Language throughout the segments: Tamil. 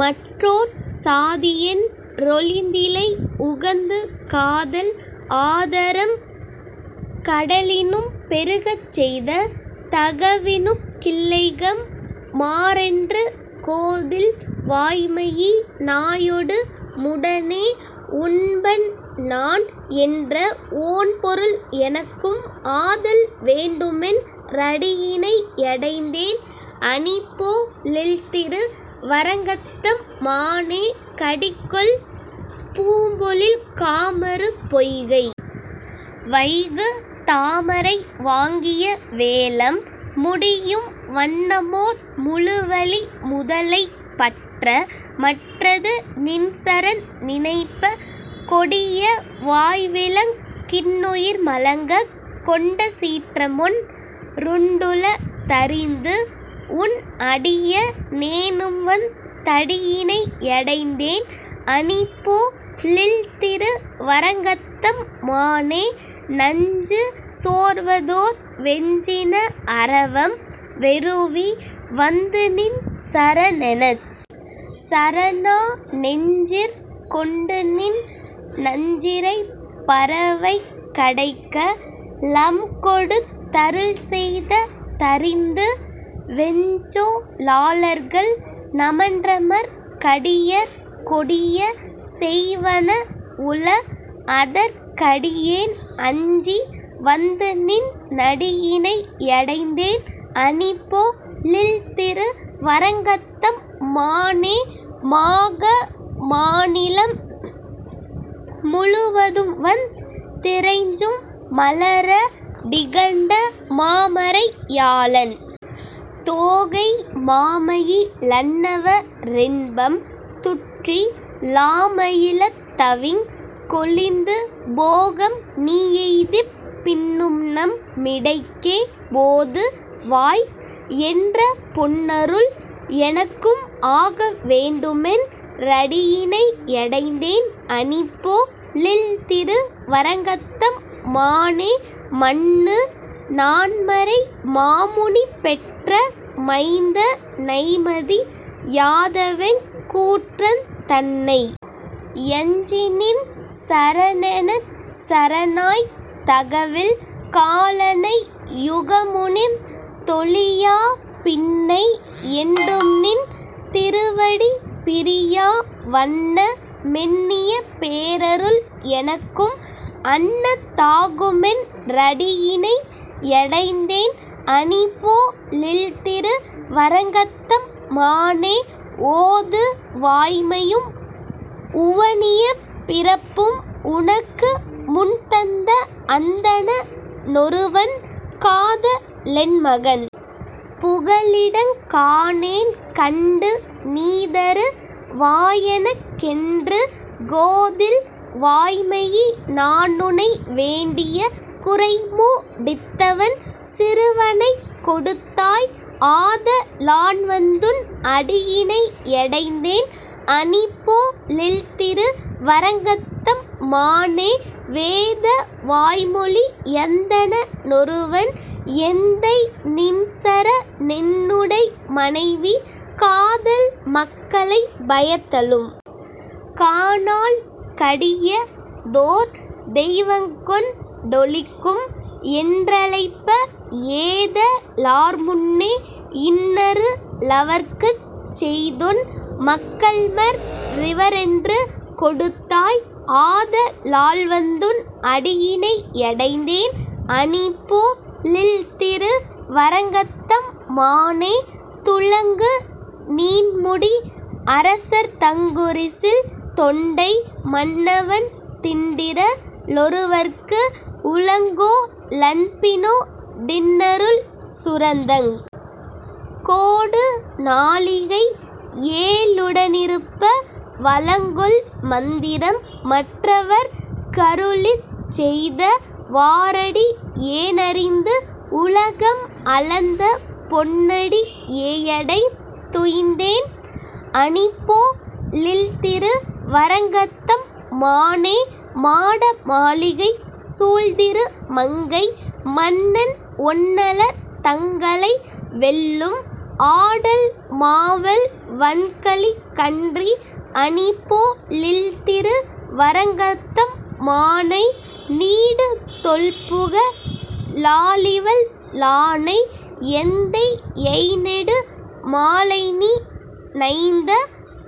மற்றோர் சாதியென் றொழிந்திலை, உகந்து காதல் ஆதரம் கடலினும் பெருகச் செய்த தகவினுக் கில்லைகைம் மாறென்று கோதில் வாய்மையி னாயொடு முடனே உண்பன் நான் என்ற ஓண்பொருள் எனக்கும் ஆதல் வேண்டுமென் றடியிணை யடைந்தேன் அணிபொ ழில்திரு வரங்கத்தம் மானே கடிகொள் பூம்பொழில் காமரு பொய்கை வைகு தாமரை வாங்கிய வேழம், முடியும் வண்ணமோர் முழுவலி முதலை பற்ற மற்றது நின்சரண் நினைப்ப கொடிய வாய்விலங் கின்னுயிர்மலங்கக் கொண்டசீற்றமொன் றுண்டுள தறிந்து, உன் அடிய னேனும்வந் தடியிணை யடைந்தேன் அணிபொ ழில்திரு வரங்கத்தம் மானே நஞ்சு சோர்வதோர் வெஞ்சின அரவம் வெருவி வந்துநின் சரணெனச் சரணா நெஞ்சிற் கொண்டுநின் னஞ்சிறைப் பறவைக் கடைக்க லம்கொடுத் தருள்செய்த தறிந்து வெஞ்சொ லாளர்கள் நமன்றமர் கடியர் கொடிய செய்வன வுள, அதற் கடியேன் அஞ்சி வந்துநின் னடியிணை யடைந்தேன் அணிபொ ழில்திரு வரங்கத்தம் மானே மாக மாநிலம் முழுவதும்வந் திரைஞ்சும் மலர டிகண்ட மாமறை யாளன், தோகை மாமயி லன்னவ ரின்பம் துற்றி லாமையிலத்தவிங் கொழிந்து போகம் நீயெய்திப் பின்னும்நம் மிடைக்கே போது வாய், என்ற பொன்னருள், எனக்கும் ஆக வேண்டுமென் றடியிணை யடைந்தேன் அணிபொ ழில்திரு வரங்கத்தம் மானே மன்னு நான்மறை மாமுனி பெற்ற மைந்த னைமதி யாதவெங் கூற்றந் தன்னை யஞ்சிநின் சரணெனச் சரணாய்த் தகவில் காலனை யுகமுனிந் தொழியா பின்னை யென்றும்நின் திருவடி பிரியா வண்ண மெண்ணிய பேரருள், எனக்கும் அன்ன தாகுமென் றடியிணை யடைந்தேன் அணிபொ ழில்திரு வரங்கத்தம் மானே ஓது வாய்மையும் உவனியப் பிறப்பும் உனக்கு முன்தந்த அந்தண னொருவன், காத லென்மகன் புகலிடங் காணேன், கண்டு நீதரு வாயெனக் கென்று, கோதில் வாய்மையி னானுனை வேண்டிய குறைமு டித்தவன் சிறுவனைக் கொடுத்தாய், ஆத லால்வந்துன் அடியிணை யடைந்தேன் அணிபொ ழில்திரு வரங்கத்தம் மானே வேத வாய்மொழி யந்தண னொருவன் எந்தை நின்சர ணென்னுடை மனைவி, காதல் மக்களைப் பயத்தலும் காணாள் கடிய தோர் தெய்வங்கொண் டொளிக்கும், என்றழைப்ப ஏத லார்முன்னே யின்னரு ளவர்க்குச் செய்துன் மக்கள்மற் றிவரென்று கொடுத்தாய், ஆத லால்வந்துன் அடியிணை யடைந்தேன் அணிபொ ழில்திரு வரங்கத்தம் மானே துளங்கு நீண்முடி அரசர்தங்குரிசில் தொண்டை மன்னவன் திண்டிற லொருவற்கு உளங்கொ ளன்பினோ டின்னருள் சுரந்தங் கோடு நாழிகை யேழுடனிருப்ப, வளங்கொள் மந்திரம் மற்றவற் கருளிச் செய்த வாறடி யேனறிந்து, உலகம் அளந்த பொன்னடி யேயடைந் துய்ந்தேன் அணிபொ ழில்திரு வரங்கத்தம் மானே மாடமாளிகை சூழ்திரு மங்கை மன்னன் ஒன்னலர் தங்களை வெல்லும், ஆடல் மாவல் வன்கலி கன்றி அணிபொ ழில்திரு வரங்கத்தம் மானை, நீடு தொல்புக ழாழிவல் லானை எந்தை யைநெடு மாலைநி னைந்த,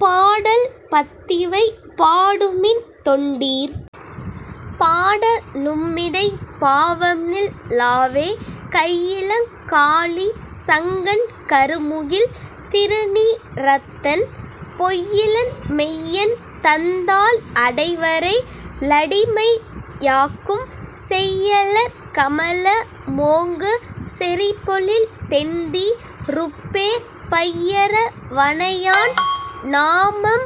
பாடல் பத்திவை பாடுமின் தொண்டீர். பாட நும்மிடைப் பாவம்நில் லாவே கையிலங் காழி சங்கன் கருமுகில் திருநி றத்தன், பொய்யிலன் மெய்யன் தந்தாள் அடைவரே லடிமை யாக்கும், செய்யலர் கமல மோங்கு செறிபொழில் தென்தி ருப்பேர் பையர வணையான் நாமம்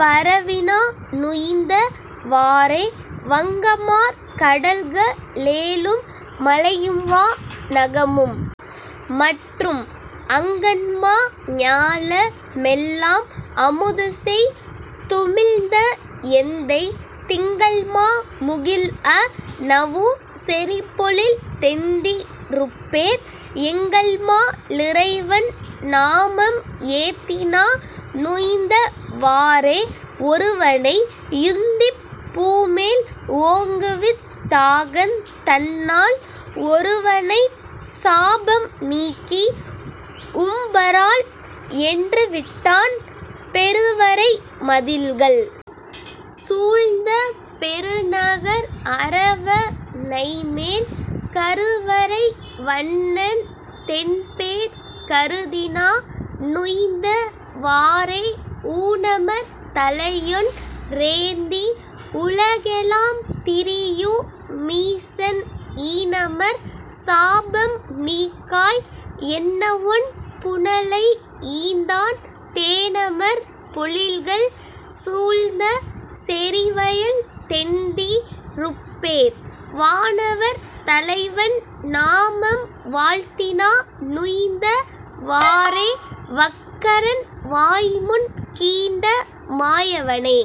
பரவிநா னுய்ந்த வாறே வங்கமார் கடல்க ளேழும் மலையும்வா னகமும் மற்றும், அங்கண்மா ஞால மெல்லாம் அமுதுசெய் துமிழ்ந்த எந்தை, திங்கள்மா முகில்அ ணவு செறிபொழில் தெந்தி ருப்பேர், எங்கள்மா லிறைவன் நாமம் ஏத்திநா னுய்ந்த வாறே ஒருவனை யுந்திப் பூமேல் ஓங்குவித் தாகந் தன்னால், ஒருவனைச் சாபம் நீக்கி உம்பராள், என்று விட்டான், பெருவரை மதிள்கள் சூழ்ந்த பெருநகர் அரவ ணைமேல் கருவரை வண்ணன் தென்பேர் கருதிநா னுய்ந்த வாறே ஊனமர் தலையொன் றேந்தி உலகெலாம் திரியு மீசன் ஈனமர் சாபம் நீக்காய், என்னவொண் புனலை யீந்தான், தேனமர் பொழில்கள் சூழ்ந்த செறிவயல் தென்தி ருப்பேர், வானவர் தலைவன் நாமம் வாழ்த்திநா னுய்ந்த வாறே வக்கரன் வாய்முன் கீண்ட மாயவனே